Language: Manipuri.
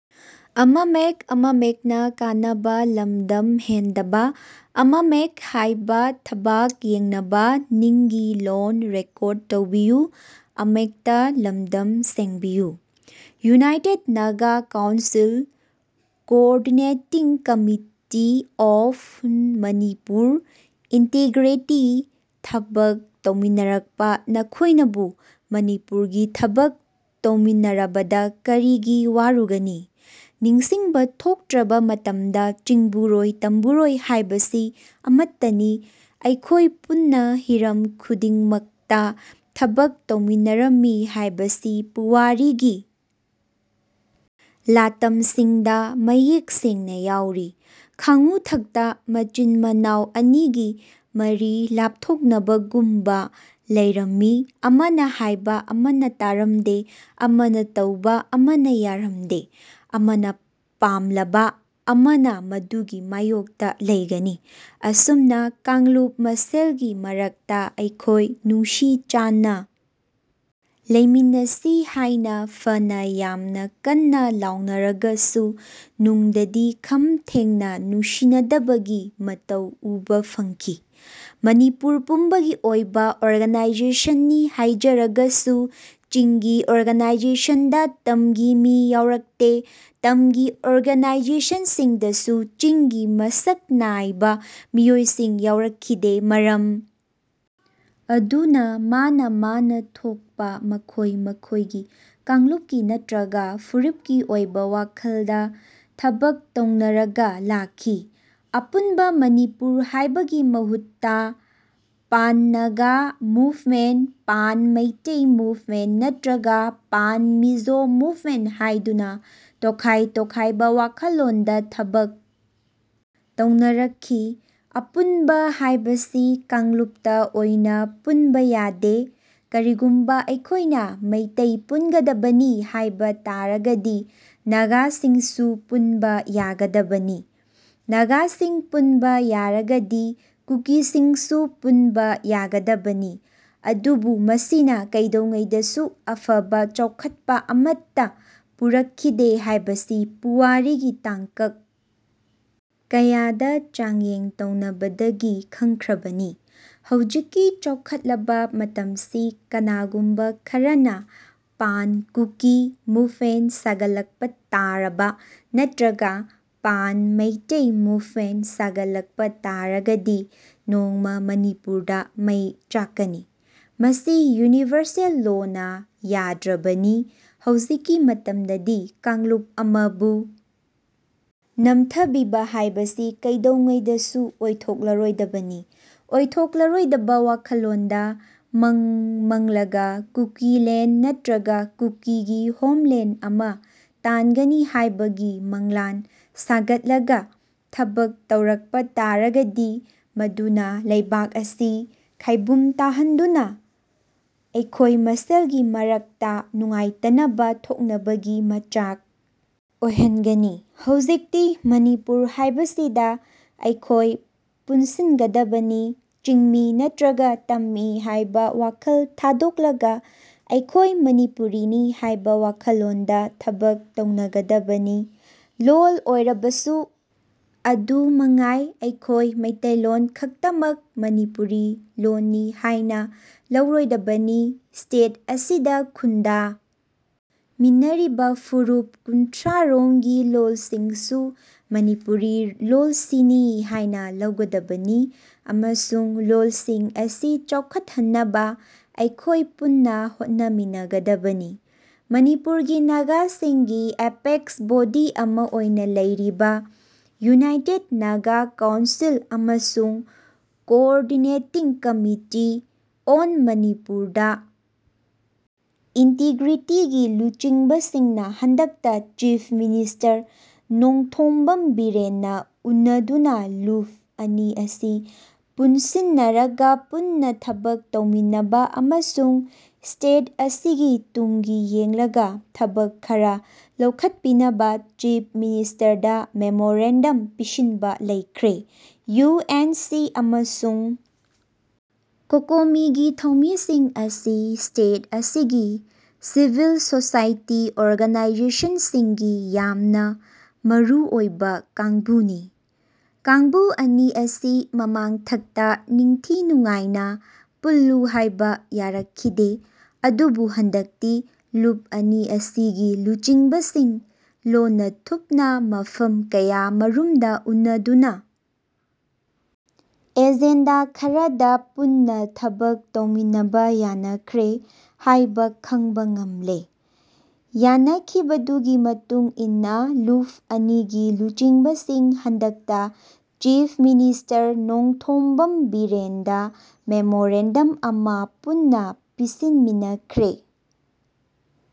United Naga council, coordinating committee on Manipur integrity ꯊꯕꯛ ꯇꯧꯃꯤꯟꯅꯔꯛꯄ ꯅꯈꯣꯏꯅꯕꯨ ꯃꯅꯤꯄꯨꯔꯒꯤ ꯊꯕꯛ ꯇꯧꯃꯤꯟꯅꯔꯕꯗ ꯀꯔꯤꯒꯤ ꯋꯥꯔꯨꯒꯅꯤ ꯅꯤꯡꯁꯤꯡꯕ ꯊꯣꯛꯇ꯭ꯔꯕ ꯃꯇꯝꯗ ꯆꯤꯡꯕꯨꯔꯣꯏ ꯇꯝꯕꯨꯔꯣꯏ ꯍꯥꯏꯕꯁꯤ ꯑꯃꯠꯇꯅꯤ꯫ ꯑꯩꯈꯣꯏ ꯄꯨꯟꯅ ꯍꯤꯔꯝ ꯈꯨꯗꯤꯡ ꯃꯛꯇ ꯊꯕꯛ ꯇꯧꯃꯤꯟꯅ ꯔꯝꯃꯤ ꯍꯥꯏꯕꯁꯤ ꯄꯨꯋꯥꯔꯤꯒꯤ ꯂꯥꯇꯝꯁꯤꯡꯗ ꯃꯌꯦꯛ ꯁꯦꯡꯅ ꯌꯥꯎꯔꯤ꯫ ꯈꯥꯡꯉꯨꯊꯛꯇ ꯃꯆꯤꯟ-ꯃꯅꯥꯎ ꯑꯅꯤꯒꯤ ꯃꯔꯤ ꯂꯥꯞꯊꯣꯛ ꯅꯕꯒꯨꯝꯕ ꯂꯩꯔꯝ ꯃꯤ꯫ ꯑꯃꯅ ꯍꯥꯏꯕ ꯑꯃꯅ ꯇꯥꯔꯝꯗꯦ, ꯑꯃꯅ ꯇꯧꯕ ꯑꯃꯅ ꯌꯥꯔꯝꯗꯦ, ꯑꯃꯅ ꯄꯥꯝꯂꯕ ꯑꯃꯅ ꯃꯗꯨꯒꯤ ꯃꯥꯌꯣꯛꯇ ꯂꯩꯒꯅꯤ꯫ ꯑꯁꯨꯝꯅ ꯀꯥꯡꯂꯨꯞ ꯃꯁꯦꯜꯒꯤ ꯃꯔꯛꯇ ꯑꯩꯈꯣꯏ ꯅꯨꯡꯁꯤ ꯆꯥꯟꯅ ꯂꯩꯃꯤꯟꯅꯁꯤ ꯍꯥꯏꯅ ꯐꯅ ꯌꯥꯃꯅ ꯀꯟꯅ ꯂꯥꯎꯅꯔꯒꯁꯨ ꯅꯨꯡꯗꯗꯤ ꯈꯝ ꯊꯦꯡꯅ ꯅꯨꯡꯁꯤꯅꯗꯕꯒꯤ ꯃꯇꯧ ꯎꯕ ꯐꯪꯈꯤ꯫ ꯃꯅꯤꯄꯨꯔ ꯄꯨꯝꯕꯒꯤ ꯑꯣꯏꯕ ꯑꯣꯔꯒꯅꯥꯏꯖꯦꯁꯟꯅꯤ ꯍꯥꯏꯖꯔꯒꯁꯨ ꯆꯤꯡꯒꯤ ꯑꯣꯔꯒꯅꯥꯏꯖꯦꯁꯟꯗ ꯇꯝꯒꯤ ꯃꯤ ꯌꯥꯎꯔꯛꯇꯦ꯫ ꯇꯝꯒꯤ ꯑꯣꯔꯒꯅꯥꯏꯖꯦꯁꯟꯁꯤꯡ ꯗꯁꯨ ꯆꯤꯡꯒꯤ ꯃꯁꯛ ꯅꯥꯏꯕ ꯃꯤꯑꯣꯏꯁꯤꯡ ꯌꯥꯎꯔꯛ ꯈꯤꯗꯦ꯫ ꯃꯔꯝ ꯑꯗꯨꯅ ꯃꯥꯅꯥ ꯃꯥꯅꯥ ꯊꯣꯛꯄ ꯃꯈꯣꯏ ꯃꯈꯣꯏꯒꯤ ꯀꯥꯡꯂꯨꯞꯀꯤ ꯅꯠꯇ꯭ꯔꯒ ꯐꯨꯔꯨꯞꯀꯤ ꯑꯣꯏꯕ ꯋꯥꯈꯜꯗ ꯊꯕꯛ ꯇꯧꯅꯔꯒ ꯂꯥꯛꯈꯤ꯫ ꯑꯄꯨꯟꯕ ꯃꯅꯤꯄꯨꯔ ꯍꯥꯏꯕꯒꯤ ꯃꯍꯨꯠꯇ pan Naga movement, pan Meitei movement ꯅꯠꯇ꯭ꯔꯒ ꯄꯥꯟ ꯃꯤꯖꯣ ꯃꯨꯚꯃꯦꯟꯠ ꯍꯥꯏꯗꯨꯅ ꯇꯣꯈꯥꯏ ꯇꯣꯈꯥꯏꯕ ꯋꯥꯈꯜꯂꯣꯟꯗ ꯊꯕꯛ ꯇꯧꯅꯔꯛꯈꯤ꯫ ꯑꯄꯨꯟꯕ ꯍꯥꯏꯕꯁꯤ ꯀꯥꯡꯂꯨꯞꯇ ꯑꯣꯏꯅ ꯄꯨꯟꯕ ꯌꯥꯗꯦ꯫ ꯀꯔꯤꯒꯨꯝꯕ ꯑꯩꯈꯣꯏꯅ ꯃꯩꯇꯩ ꯄꯨꯟꯒꯗꯕꯅꯤ ꯍꯥꯏꯕ ꯇꯥꯔꯒꯗꯤ ꯅꯥꯒꯥꯁꯤꯡꯁꯨ ꯄꯨꯟꯕ ꯌꯥꯒꯗꯕꯅꯤ꯫ ꯅꯥꯒꯥꯁꯤꯡ ꯄꯨꯟꯕ ꯌꯥꯔꯒꯗꯤ ꯀꯨꯀꯤꯁꯤꯡꯁꯨ ꯄꯨꯟꯕ ꯌꯥꯒꯗꯕꯅꯤ꯫ ꯑꯗꯨꯕꯨ ꯃꯁꯤꯅ ꯀꯩꯗꯧꯉꯩꯗꯁꯨ ꯑꯐꯕ, ꯆꯥꯎꯈꯠꯄ ꯑꯃꯠꯇ ꯄꯨꯔꯛ ꯈꯤꯗꯦ ꯍꯥꯏꯕꯁꯤ ꯄꯨꯋꯥꯔꯤꯒꯤ ꯇꯥꯡꯀꯛ ꯀꯌꯥꯗ ꯆꯥꯡꯌꯦꯡ ꯇꯧꯅꯕꯗꯒꯤ ꯈꯪꯈ꯭ꯔꯕꯅꯤ꯫ ꯍꯧꯖꯤꯛꯀꯤ ꯆꯥꯎꯈꯠꯂꯕ ꯃꯇꯝꯁꯤ ꯀꯅꯥꯒꯨꯃꯕ ꯈꯔꯅ ꯄꯥꯟ ꯀꯨꯀꯤ ꯃꯨꯚꯃꯦꯟꯠ ꯁꯥꯒꯠ ꯂꯛꯄ ꯇꯥꯔꯕ ꯅꯠꯇ꯭ꯔꯒ ꯄꯥꯟ ꯃꯩꯇꯩ ꯃꯨꯚꯃꯦꯟꯠ ꯁꯥꯒꯠꯂꯛꯄ ꯇꯥꯔꯒꯗꯤ ꯅꯣꯡꯃꯥ ꯃꯅꯤꯄꯨꯔꯗ ꯃꯩ ꯆꯥꯛꯀꯅꯤ꯫ ꯃꯁꯤ ꯌꯨꯅꯤꯚꯔꯁꯦꯜ ꯂꯣꯅ ꯌꯥꯗ꯭ꯔꯕꯅꯤ꯫ ꯍꯧꯖꯤꯛꯀꯤ ꯃꯇꯝꯗꯗꯤ ꯀꯥꯡꯂꯨꯞ ꯑꯃꯕꯨ ꯅꯝꯊꯕꯤꯕ ꯍꯥꯏꯕꯁꯤ ꯀꯩꯗꯧꯉꯩꯗꯁꯨ ꯑꯣꯏꯊꯣꯛ ꯂꯔꯣꯏꯗꯕꯅꯤ꯫ ꯑꯣꯏꯊꯣꯛ ꯂꯔꯣꯏꯗꯕ ꯋꯥꯈꯜꯂꯣꯟꯗ ꯃꯪ ꯃꯪꯂꯒ ꯀꯨꯀꯤꯂꯦꯟꯗ ꯅꯠꯇ꯭ꯒ ꯀꯨꯀꯤꯒꯤ ꯍꯣꯝꯂꯦꯟꯗ ꯑꯃ ꯇꯥꯟꯒꯅꯤ ꯍꯥꯏꯕꯒꯤ ꯃꯪꯂꯥꯟ ꯁꯥꯒꯠꯂꯒ ꯊꯕꯛ ꯇꯧꯔꯛꯄ ꯇꯥꯔꯒꯗꯤ ꯃꯗꯨꯅ ꯂꯩꯕꯥꯛ ꯑꯁꯤ ꯈꯥꯏꯕꯨꯡ ꯇꯥꯍꯟꯗꯨꯅ ꯑꯩꯈꯣꯏ ꯃꯁꯦꯜꯒꯤ ꯃꯔꯛꯇ ꯅꯨꯡꯉꯥꯏꯇꯅꯕ ꯊꯣꯛꯅꯕꯒꯤ ꯃꯆꯥꯛ ꯑꯣꯏꯍꯟꯒꯅꯤ꯫ ꯍꯧꯖꯤꯛꯇꯤ ꯃꯅꯤꯄꯨꯔ ꯍꯥꯏꯕꯁꯤꯗ ꯑꯩꯈꯣꯏ ꯄꯨꯟ ꯁꯤꯟꯒꯗꯕꯅꯤ꯫ ꯆꯤꯡꯃꯤ ꯅꯠꯇ꯭ꯔꯒ ꯇꯝꯃꯤ ꯍꯥꯏꯕ ꯋꯥꯈꯜ ꯊꯥꯗꯣꯛꯂꯒ ꯑꯩꯈꯣꯏ ꯃꯅꯤꯄꯨꯔꯤꯅꯤ ꯍꯥꯏꯕ ꯋꯥꯈꯜꯂꯣꯟꯗ ꯊꯕꯛ ꯇꯧꯅꯒꯗꯕꯅꯤ꯫ ꯂꯣꯜ ꯑꯣꯏꯔꯕꯁꯨ ꯑꯗꯨ ꯃꯉꯥꯏ꯫ ꯑꯩꯈꯣꯏ ꯃꯩꯇꯩꯂꯣꯜ ꯈꯛꯇꯃꯛ ꯃꯅꯤꯄꯨꯔꯤ ꯂꯣꯜꯅꯤ ꯍꯥꯏꯅ ꯂꯧꯔꯣꯏꯗꯕꯅꯤ꯫ ꯏꯁꯇꯦꯠ ꯑꯁꯤꯗ ꯈꯨꯟꯗꯥ ꯃꯤꯟꯅꯔꯤꯕ ꯐꯨꯔꯨꯞ ꯀꯨꯟꯊ꯭ꯔ ꯔꯣꯝꯒꯤ ꯂꯣꯜꯁꯤꯡꯁꯨ ꯃꯅꯤꯄꯨꯔꯤ ꯂꯣꯜꯁꯤꯅꯤ ꯍꯥꯏꯅ ꯂꯧꯒꯗꯕꯅꯤ ꯑꯃꯁꯨꯡ ꯂꯣꯜꯁꯤꯡ ꯑꯁꯤ ꯆꯥꯎꯈꯠꯍꯟꯅꯕ ꯑꯩꯈꯣꯏ ꯄꯨꯟꯅ ꯍꯣꯠꯅ ꯃꯤꯟꯅ ꯒꯗꯕꯅꯤ꯫ ꯃꯅꯤꯄꯨꯔꯒꯤ ꯅꯥꯒꯥꯁꯤꯡꯒꯤ ꯑꯦꯄꯦꯛꯁ ꯕꯣꯗꯤ ꯑꯃ ꯑꯣꯏꯅ ꯂꯩꯔꯤꯕ ꯌꯨꯅꯥꯏꯇꯦꯗ ꯅꯥꯒꯥ ꯀꯥꯎꯟꯁꯤꯜ ꯑꯃꯁꯨꯡ ꯀꯣꯑꯣꯔꯗꯤꯅꯦꯇꯤꯡ ꯀꯝꯃꯤꯇꯤ ꯑꯣꯟ ꯃꯅꯤꯄꯨꯔꯗ ꯏꯟꯇꯤꯒꯔꯤꯇꯤ ꯒꯤ ꯂꯨꯆꯤꯡꯕꯁꯤꯡꯅ ꯍꯟꯗꯛꯇ ꯆꯤꯐ ꯃꯤꯅꯤꯁꯇꯔ ꯅꯣꯡꯊꯣꯝꯕꯝ ꯕꯤꯔꯦꯟꯅ ꯎꯟꯅꯗꯨꯅ ꯂꯨꯞ ꯑꯅꯤ ꯑꯁꯤ ꯄꯨꯟꯁꯤꯟꯅꯔꯒ ꯄꯨꯟꯅ ꯊꯕꯛ ꯇꯧꯃꯤꯟꯅꯕ ꯑꯃꯁꯨꯡ ꯏꯁꯇꯦꯠ ꯑꯁꯤꯒꯤ ꯇꯨꯡꯒꯤ ꯌꯦꯡꯂꯒ ꯊꯕꯛ ꯈꯔ ꯂꯧꯈꯠꯄꯤꯅꯕ ꯆꯤꯐ ꯃꯤꯅꯤꯁꯇꯔꯗ ꯃꯦꯃꯣꯔꯦꯟꯗꯝ ꯄꯤꯁꯤꯟꯕ ꯂꯩꯈ꯭ꯔꯦ꯫ ꯌꯨ ꯑꯦꯟ ꯁꯤ ꯑꯃꯁꯨꯡ ꯀꯣꯀꯣꯃꯤꯒꯤ ꯊꯧꯃꯤꯁꯤꯡ ꯑꯁꯤ ꯏꯁꯇꯦꯠ ꯑꯁꯤꯒꯤ ꯁꯤꯚꯤꯜ ꯁꯣꯁꯥꯏꯇꯤ ꯑꯣꯔꯒꯅꯥꯏꯖꯦꯁꯟꯁꯤꯡꯒꯤ ꯌꯥꯃꯅ ꯃꯔꯨ ꯑꯣꯏꯕ ꯀꯥꯡꯕꯨꯅꯤ꯫ ꯀꯥꯡꯕꯨ ꯑꯅꯤ ꯑꯁꯤ ꯃꯃꯥꯡꯊꯛꯇ ꯅꯤꯡꯊꯤ ꯅꯨꯡꯉꯥꯏꯅ ꯄꯨꯜꯂꯨ ꯍꯥꯏꯕ ꯌꯥꯔꯛ ꯈꯤꯗꯦ꯫ ꯑꯗꯨꯕꯨ ꯍꯟꯗꯛꯇꯤ ꯂꯨꯞ ꯑꯅꯤ ꯑꯁꯤꯒꯤ ꯂꯨꯆꯤꯡꯕꯁꯤꯡ ꯂꯣꯟꯅ-ꯊꯨꯞꯅ ꯃꯐꯝ ꯀꯌꯥ ꯃꯔꯨꯝꯗ ꯎꯟꯅꯗꯨꯅ ꯑꯦꯖꯦꯟꯗ ꯈꯔꯗ ꯄꯨꯟꯅ ꯊꯕꯛ ꯇꯧꯃꯤꯟꯅꯕ ꯌꯥꯅꯈ꯭ꯔꯦ ꯍꯥꯏꯕ ꯈꯪꯕ ꯉꯝꯂꯦ꯫ ꯌꯥꯟꯅ ꯈꯤꯕꯗꯨꯒꯤ ꯃꯇꯨꯡ ꯏꯟꯅ ꯂꯨꯞ ꯑꯅꯤꯒꯤ ꯂꯨꯆꯤꯡꯕꯁꯤꯡ ꯍꯟꯗꯛꯇ ꯆꯤꯐ ꯃꯤꯅꯤꯁꯇꯔ ꯅꯣꯡꯊꯣꯝꯕꯝ ꯕꯤꯔꯦꯟꯗ ꯃꯦꯃꯣꯔꯦꯟꯗꯝ ꯑꯃ ꯄꯨꯟꯅ ꯄꯤꯁꯤꯟ ꫬꯃꯤꯟꯅꯈ꯭ꯔꯦ꯫